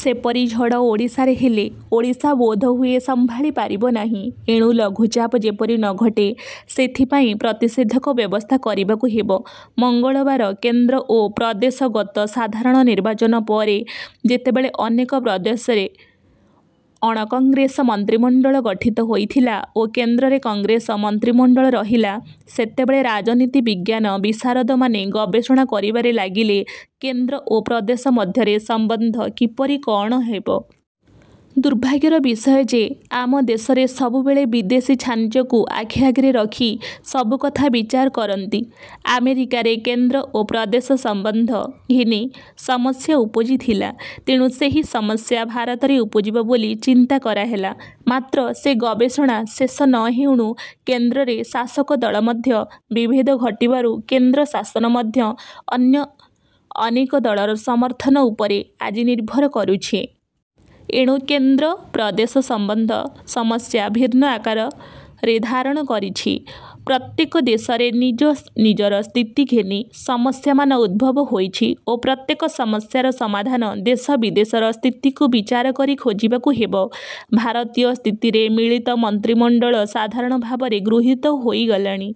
ସେପରି ଝଡ଼ ଓଡ଼ିଶାରେ ହେଲେ ଓଡ଼ିଶା ବୋଧହୁଏ ସମ୍ଭାଳି ପାରିବନାହିଁ। ଏଣୁ ଲଘୁଚାପ ଯେପରି ନ ଘଟେ ସେଥିପାଇଁ ପ୍ରତିଷେଧକ ବ୍ୟବସ୍ଥା କରିବାକୁ ହେବ। ମଙ୍ଗଳବାର କେନ୍ଦ୍ର ଓ ପ୍ରଦେଶ ଗତ ସାଧାରଣ ନିର୍ବାଚନ ପରେ ଯେତେବେଳେ ଅନେକ ପ୍ରଦେଶରେ ଅଣକଂଗ୍ରେସ ମନ୍ତ୍ରିମଣ୍ଡଳ ଗଠିତ ହୋଇଗଲା ଓ କେନ୍ଦ୍ରରେ କଂଗ୍ରେସ ମନ୍ତ୍ରିମଣ୍ଡଳ ରହିଲା, ସେତେବେଳେ ରାଜନୀତି-ବିଜ୍ଞାନ ବିଶାରଦମାନେ ଗବେଷଣା କରିବାରେ ଲାଗିଲେ କେନ୍ଦ୍ର ଓ ପ୍ରଦେଶ ମଧ୍ୟରେ ସମ୍ବନ୍ଧ କିପରି କଅଣ ହେବ। ଦୁର୍ଭାଗ୍ୟର ବିଷୟ ଯେ ଆମ ଦେଶରେ ସବୁବେଳେ ବିଦେଶୀ ଛାଞ୍ଚକୁ ଆଖିଆଗରେ ରଖି ସବୁ କଥା ବିଚାର କରନ୍ତି। ଆମେରିକାରେ କେନ୍ଦ୍ର ଓ ପ୍ରଦେଶ ସମ୍ବନ୍ଧ ଘେନି ସମସ୍ୟା ଉପୁଜିଥିଲା। ତେଣୁ ସେହି ସମସ୍ୟା ଭାରତରେ ଉପୁଜିବ ବୋଲି ଚିନ୍ତା କରାହେଲା; ମାତ୍ର ସେ ଗବେଷଣା ଶେଷ ନ ହେଉଣୁ, କେନ୍ଦ୍ରରେ ଶାସକ ଦଳ ମଧ୍ୟରେ ବିଭେଦ ଘଟିବାରୁ କେନ୍ଦ୍ର ଶାସନ ମଧ୍ୟ ଅନ୍ୟ ଅନେକ ଦଳର ସମର୍ଥନ ଉପରେ ଆଜି ନିର୍ଭର କରୁଛି। ଏଣୁ କେନ୍ଦ୍ର-ପ୍ରଦେଶ ସମ୍ବନ୍ଧ ସମସ୍ୟା ଭିନ୍ନ ଆକାରରେ ଧାରଣ କରିଛି। ପ୍ରତ୍ୟେକ ଦେଶରେ ନିଜ ନିଜର ସ୍ଥିତି ଘେନି ସମସ୍ୟାମାନ ଉଦ୍ଭବ ହୋଇଛି ଓ ପ୍ରତ୍ୟେକ ସମସ୍ୟାର ସମାଧାନ ଦେଶ ବିଦେଶର ସ୍ଥିତିକୁ ବିଚାର କରି ଖୋଜିବାକୁ ହେବ। ଭାରତୀୟ ସ୍ଥିତିରେ ମିଳିତ ମନ୍ତ୍ରିମଣ୍ଡଳ ସାଧାରଣ ଭାବରେ ଗୃହୀତ ହୋଇଗଲାଣି।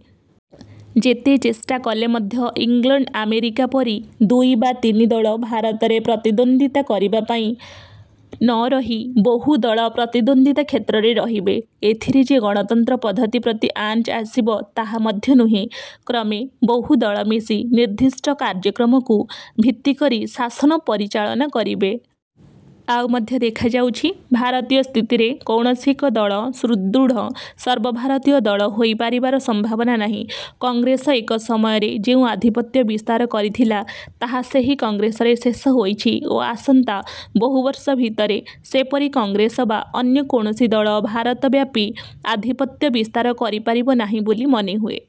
ଯେତେ ଚେଷ୍ଟା କଲେ ମଧ୍ୟ ଇଂଲଣ୍ଡ ଆମେରିକା ପରି ଦୁଇ ବା ତିନି ଦଳ ଭାରତରେ ପ୍ରତିଦ୍ୱନ୍ଦ୍ୱିତା କରିବା ପାଇଁ ନ ରହି ବହୁ ଦଳ ପ୍ରତିଦ୍ୱନ୍ଦ୍ୱିତା କ୍ଷେତ୍ରରେ ରହିବେ। ଏଥିରେ ଯେ ଗଣତନ୍ତ୍ର ପଦ୍ଧତି ପ୍ରତି ଆଞ୍ଚ ଆସିବ, ତାହା ମଧ୍ୟ ନୁହେଁ। କ୍ରମେ ବହୁ ଦଳ ମିଶି ନିର୍ଦ୍ଦିଷ୍ଟ କାର୍ଯ୍ୟକ୍ରମକୁ ଭିତ୍ତିକରି ଶାସନ ପରିଚାଳନା କରିବେ। ଆଉ ମଧ୍ୟ ଦେଖାଯାଉଛି, ଭାରତୀୟ ସ୍ଥିତିରେ କୌଣସି ଏକ ଦଳ ସୁଦୃଢ଼ ସର୍ବଭାରତୀୟ ଦଳ ହୋଇପାରିବାର ସମ୍ଭାବନା ନାହିଁ। କଂଗ୍ରେସ ଏକ ସମୟରେ ଯେଉଁ ଆଧିପତ୍ୟ ବିସ୍ତାର କରିଥିଲା, ତାହା ସେହି କଂଗ୍ରେସରେ ଶେଷ ହୋଇଛି ଓ ଆସନ୍ତା ବହୁବର୍ଷ ଭିତରେ ସେପରି କଂଗ୍ରେସ ବା ଅନ୍ୟ କୌଣସି ଦଳ ଭାରତବ୍ୟାପୀ ଆଧିପତ୍ୟ ବିସ୍ତାର କରିପାରିବ ନାହିଁ ବୋଲି ମନେହୁଏ।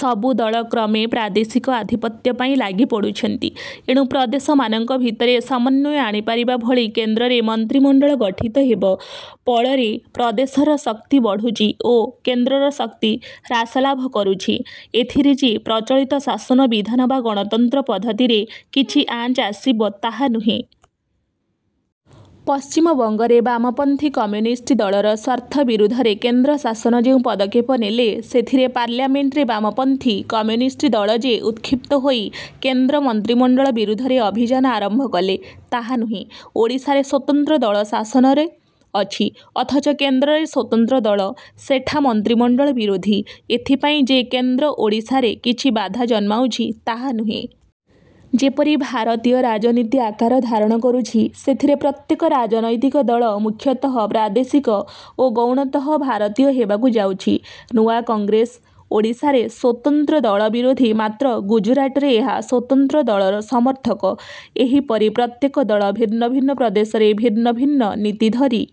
ସବୁଦଳ କ୍ରମେ ପ୍ରାଦେଶିକ ଆଧିପତ୍ୟ ପାଇଁ ଲାଗିପଡ଼ୁଛନ୍ତି। ଏଣୁ ପ୍ରଦେଶମାନଙ୍କ ଭିତରେ ସମନ୍ୱୟ ଆଣିପାରିବା ଭଳି କେନ୍ଦ୍ରରେ ମନ୍ତ୍ରିମଣ୍ଡଳ ଗଠିତ ହେବ। ପଳରେ ପ୍ରଦେଶର ଶକ୍ତି ବଢ଼ୁଛି ଓ କେନ୍ଦ୍ରର ଶକ୍ତି ହ୍ରାସ ଲାଭକରୁଛି। ଏଥିରେ ଯେ ପ୍ରଚଳିତ ଶାସନ ବିଧାନ ବା ଗଣତନ୍ତ୍ର ପଦ୍ଧତିରେ କିଛି ଆଞ୍ଚ ଆସିବ ତାହା ନୁହେଁ। ପଶ୍ଚିମବଙ୍ଗରେ ବାମପନ୍ଥୀ କମ୍ୟୁନିଷ୍ଟ ଦଳର ସ୍ୱାର୍ଥ ବିରୁଦ୍ଧରେ କେନ୍ଦ୍ର ଶାସନ ଯେଉଁ ପଦକ୍ଷେପ ନେଲେ, ସେଥିରେ ପାର୍ଲାମେଣ୍ଟରେ ବାମପନ୍ଥୀ କମ୍ୟୁନିଷ୍ଟ ଦଳ ଯେ ଉତ୍କ୍ଷିପ୍ତ ହୋଇ କେନ୍ଦ୍ର ମନ୍ତ୍ରିମଣ୍ଡଳ ବିରୁଦ୍ଧରେ ଅଭିଯାନ ଆରମ୍ଭ କଲେ, ତାହା ନୁହେଁ। ଓଡ଼ିଶାରେ ସ୍ୱତନ୍ତ୍ର ଦଳ ଶାସନରେ ଅଛି; ଅଥଚ କେନ୍ଦ୍ରରେ ସ୍ୱତନ୍ତ୍ର ଦଳ ସେଠା ମନ୍ତ୍ରିମଣ୍ଡଳ ବିରୋଧୀ, ଏଥିପାଇଁ ଯେ କେନ୍ଦ୍ର ଓଡ଼ିଶାରେ କିଛି ବାଧା ଜନ୍ମାଉଛି ତାହା ନୁହେଁ। ଯେପରି ଭାରତୀୟ ରାଜନୀତି ଆକାର ଧାରଣ କରୁଛି, ସେଥିରେ ପ୍ରତ୍ୟେକ ରାଜନୈତିକ ଦଳ ମୁଖ୍ୟତଃ ପ୍ରାଦେଶିକ ଓ ଗୌଣତଃ ଭାରତୀୟ ହେବାକୁ ଯାଉଛି। ନୂଆ କଂଗ୍ରେସ ଓଡ଼ିଶାରେ ସ୍ୱତନ୍ତ୍ରଦଳ ବିରୋଧୀ ମାତ୍ର ଗୁଜୁରାଟରେ ଏହା ସ୍ୱତନ୍ତ୍ର ଦଳର ସମର୍ଥକ। ଏହିପରି ପ୍ରତ୍ୟେକ ଦଳ ଭିନ୍ନ ଭିନ୍ନ ପ୍ରଦେଶରେ ଭିନ୍ନ ଭିନ୍ନ ନୀତି ଧରି